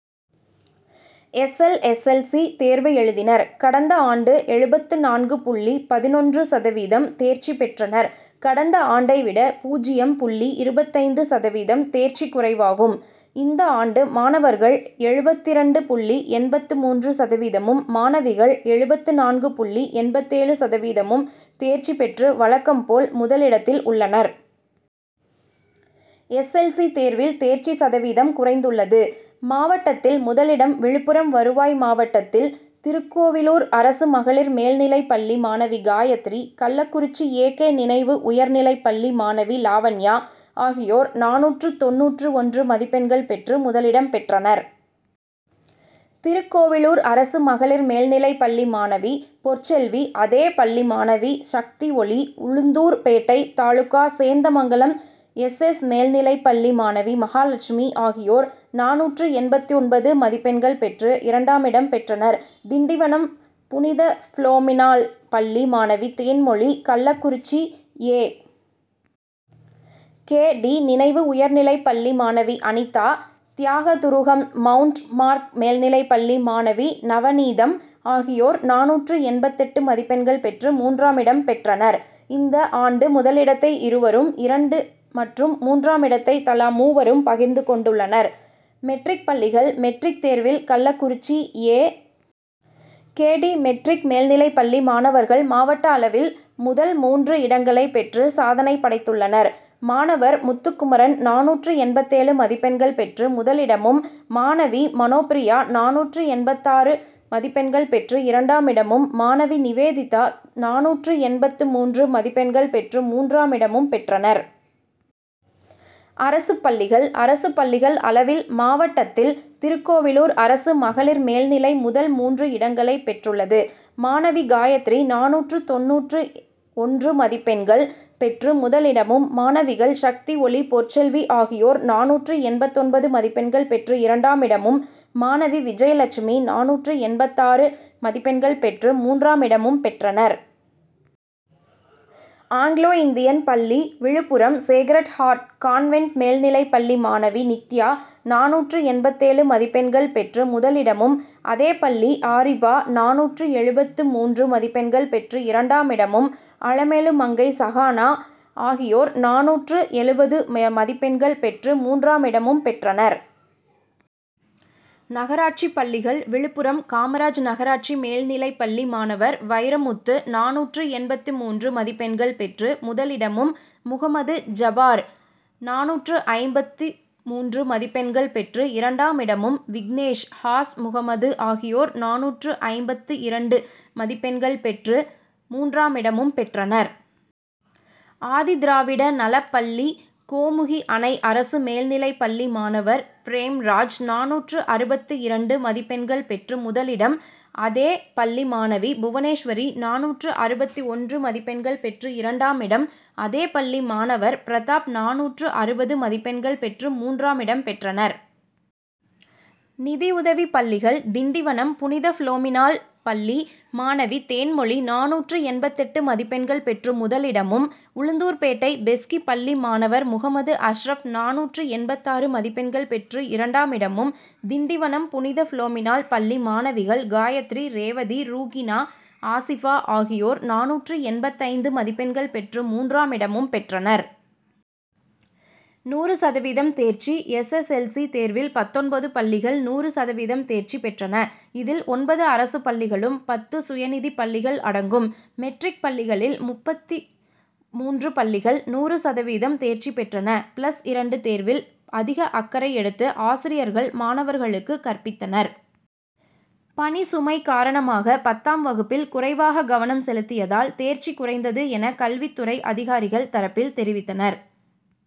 S. L. S. L. C. தேர்வு எழுதினர். கடந்த ஆண்டு எழுபத்து நான்கு புள்ளி பதினொன்று சதவீதம் தேர்ச்சி பெற்றனர். கடந்த ஆண்டை விட பூஜ்ஜியம் புள்ளி இருபத்தைந்து சதவீதம் தேர்ச்சி குறைவாகும். இந்த ஆண்டு மாணவர்கள் எழுபத்திரண்டு புள்ளி எண்பத்து மூன்று சதவீதமும், மாணவிகள் எழுபத்து நான்கு புள்ளி எண்பத்தேழு சதவீதமும் தேர்ச்சி பெற்று வழக்கம் போல் முதலிடத்தில் உள்ளனர். எஸ். எல். சி., தேர்வில் தேர்ச்சி சதவீதம் குறைந்துள்ளது. மாவட்டத்தில் முதலிடம் விழுப்புரம் வருவாய் மாவட்டத்தில் திருக் கோவிலூர் அரசு மகளிர் மேல் நிலைப்பள்ளி மாணவி காயத்திரி, கள்ளக்குறிச்சி ஏ. கே. நினைவு உயர் நிலைப்பள்ளி மாணவி லாவண்யா ஆகியோர் நானூற்று தொண்ணூற்று ஒன்று மதிப்பெண்கள் பெற்று முதலிடம் பெற்றனர். திருக்கோவிலூர் அரசு மகளிர் மேல்நிலைப் பள்ளி மாணவி பொற் செல்வி, அதே பள்ளி மாணவி Sakthioli, Ulundurpet taluka Sendamangalam S. S. மேல் நிலைப் பள்ளி மாணவி மகாலட்சுமி ஆகியோர் நானூற்று எண்பத்தொன்பது மதிப் பெண்கள் பெற்று இரண்டாமிடம் பெற்றனர். திண்டிவனம் புனித பிளோமினாள் பள்ளி மாணவி தேன்மொழி, கள்ளக்குறிச்சி ஏ. கே. டி.,நினைவு உயர்நிலைப் பள்ளி மாணவி அனிதா, தியாகதுருகம் மவுண்ட் பார்க் மேல்நிலைப் பள்ளி மாணவி நவநீதம் ஆகியோர் நானூற்று எண்பத்தெட்டு மதிப்பெண்கள் பெற்று மூன்றாமிடம் பெற்றனர். இந்த ஆண்டு முதலிடத்தை இருவரும், இரண்டு மற்றும் மூன்றாமிடத்தை தலா மூவரும் பகிர்ந்து கொண்டுள்ளனர். மெட்ரிக்பள்ளிகள் மெட்ரிக் தேர்வில் Kallakurichi A. K. T., matric மேல்நிலை பள்ளி மாணவர்கள் மாவட்ட அளவில் முதல் மூன்று இடங்களை பெற்று சாதனை படைத்துள்ளனர். மாணவர் முத்துக்குமரன் நானூற்று எண்பத்தேழு மதிப்பெண்கள் பெற்று முதலிடமும், மாணவி மனோபிரியா நானூற்று எண்பத்தாறு மதிப்பெண்கள் பெற்று இரண்டாமிடமும், மாணவி நிவேதிதா நானூற்று எண்பத்து மூன்று மதிப்பெண்கள் பெற்று மூன்றாமிடமும் பெற்றனர். அரசு பள்ளிகள் அரசு பள்ளிகள் அளவில் மாவட்டத்தில் திருக்கோவிலூர் அரசு மகளிர் மேல் நிலை முதல் மூன்று இடங்களை பெற் றுள்ளது. மாணவி காயத்ரி நானூற்று தொண்ணூற்று ஒன்று மதிப் பெண்கள் பெற்று முதலிடமும், மாணவிகள் சக்திஒளி, பொற் செல்வி ஆகியோர் நானூற்று எண்பத்தொன்பது மதிப்பெண்கள் பெற்று இரண்டாமிடமும், மாணவி விஜயலட்சுமி நானூற்று எண்பத்தாறு மதிப்பெண்கள் பெற்று மூன்றாமிடமும் பெற்றனர். ஆங்கிலோ இந்தியன் பள்ளி Viluppuram Sacred Heart Convent மேல் நிலைப் பள்ளி மாணவி நித்யா நானூற்று எழுபத்தேழு மதிப்பெண்கள் பெற்று முதலிடமும், அதே பள்ளி ஆரிபா நானூற்று எழுபத்து மூன்று மதிப்பெண்கள் பெற்று இரண்டாமிடமும், அலமேலுமங்கை, சகானா ஆகியோர் நானூற்று எழுபது மதிப்பெண்கள் பெற்று மூன்றாமிடம் பெற்றனர். நகராட்சி பள்ளிகள் விழுப்புரம் காமராஜ் நகராட்சி மேல் நிலைப்பள்ளி மாணவர் வைரமுத்து நானூற்று எண்பத்து மூன்று மதிப்பெண்கள் பெற்று முதலிடமும், முகமது ஜபார் நானூற்று ஐம்பத்து மூன்று மதிப்பெண்கள் பெற்று இரண்டாமிடமும், விக்னேஷ், ஹாஸ்முகமது ஆகியோர் நானூற்று ஐம்பத்து இரண்டு மதிப்பெண்கள் பெற்று மூன்றாமிடமும் பெற்றனர். ஆதிதிராவிட நலப்பள்ளி கோமுகி அணை அரசு மேல்நிலைப்பள்ளி மாணவர் பிரேம்ராஜ் நானூற்று அறுபத்து இரண்டு மதிப்பெண்கள் பெற்று முதலிடம், அதே பள்ளி மாணவி புவனேஸ்வரி நானூற்று அறுபத்து ஒன்று மதிப்பெண்கள் பெற்று இரண்டாமிடம், அதே பள்ளி மாணவர் பிரதாப் நானூற்று அறுபது மதிப்பெண்கள் பெற்று மூன்றாமிடம் பெற்றனர். நிதியுதவி பள்ளிகள் திண்டிவனம் புனித பிளோமினாள் பள்ளி மாணவி தேன்மொழி நானூற்று எண்பத்தெட்டு மதிப்பெண்கள் பெற்று முதலிடமும், உளுந்தூர்பேட்டை பெஸ்கி பள்ளி மாணவர் முகமது அஷரப் நானூற்று எண்பத்தாறு மதிப்பெண்கள் பெற்று இரண்டாமிடமும், திண்டிவனம் புனித பிளோமினாள் பள்ளி மாணவிகள் காயத்ரி, ரேவதி, ரூகினா ஆசிபா ஆகியோர் நானூற்று எண்பத்தைந்து மதிப்பெண்கள் பெற்று மூன்றாமிடம் பெற்றனர். நூறு சதவீதம் தேர்ச்சி எஸ். எஸ். எல். சி.,தேர்வில் பத்தொன்பது பள்ளிகள் நூறு சதவீதம் தேர்ச்சி பெற்றன. இதில் ஒன்பது அரசு பள்ளிகளும், பத்து சுய நிதி பள்ளிகள் அடங்கும். மெட்ரிக் பள்ளிகளில் முப்பத்து மூன்று பள்ளிகள் நூறு சதவீதம் தேர்ச்சி பெற்றன. பிளஸ் இரண்டு தேர்வில் அதிக அக்கறை எடுத்து ஆசிரியர்கள் மாணவர்களுக்கு கற்பித்தனர். பணி சுமை காரணமாக பத்தாம் வகுப்பில் குறைவாக கவனம் செலுத்தியதால் தேர்ச்சி குறைந்தது என கல்வித் துறை அதிகாரிகள் தரப்பில் தெரிவித்தனர்.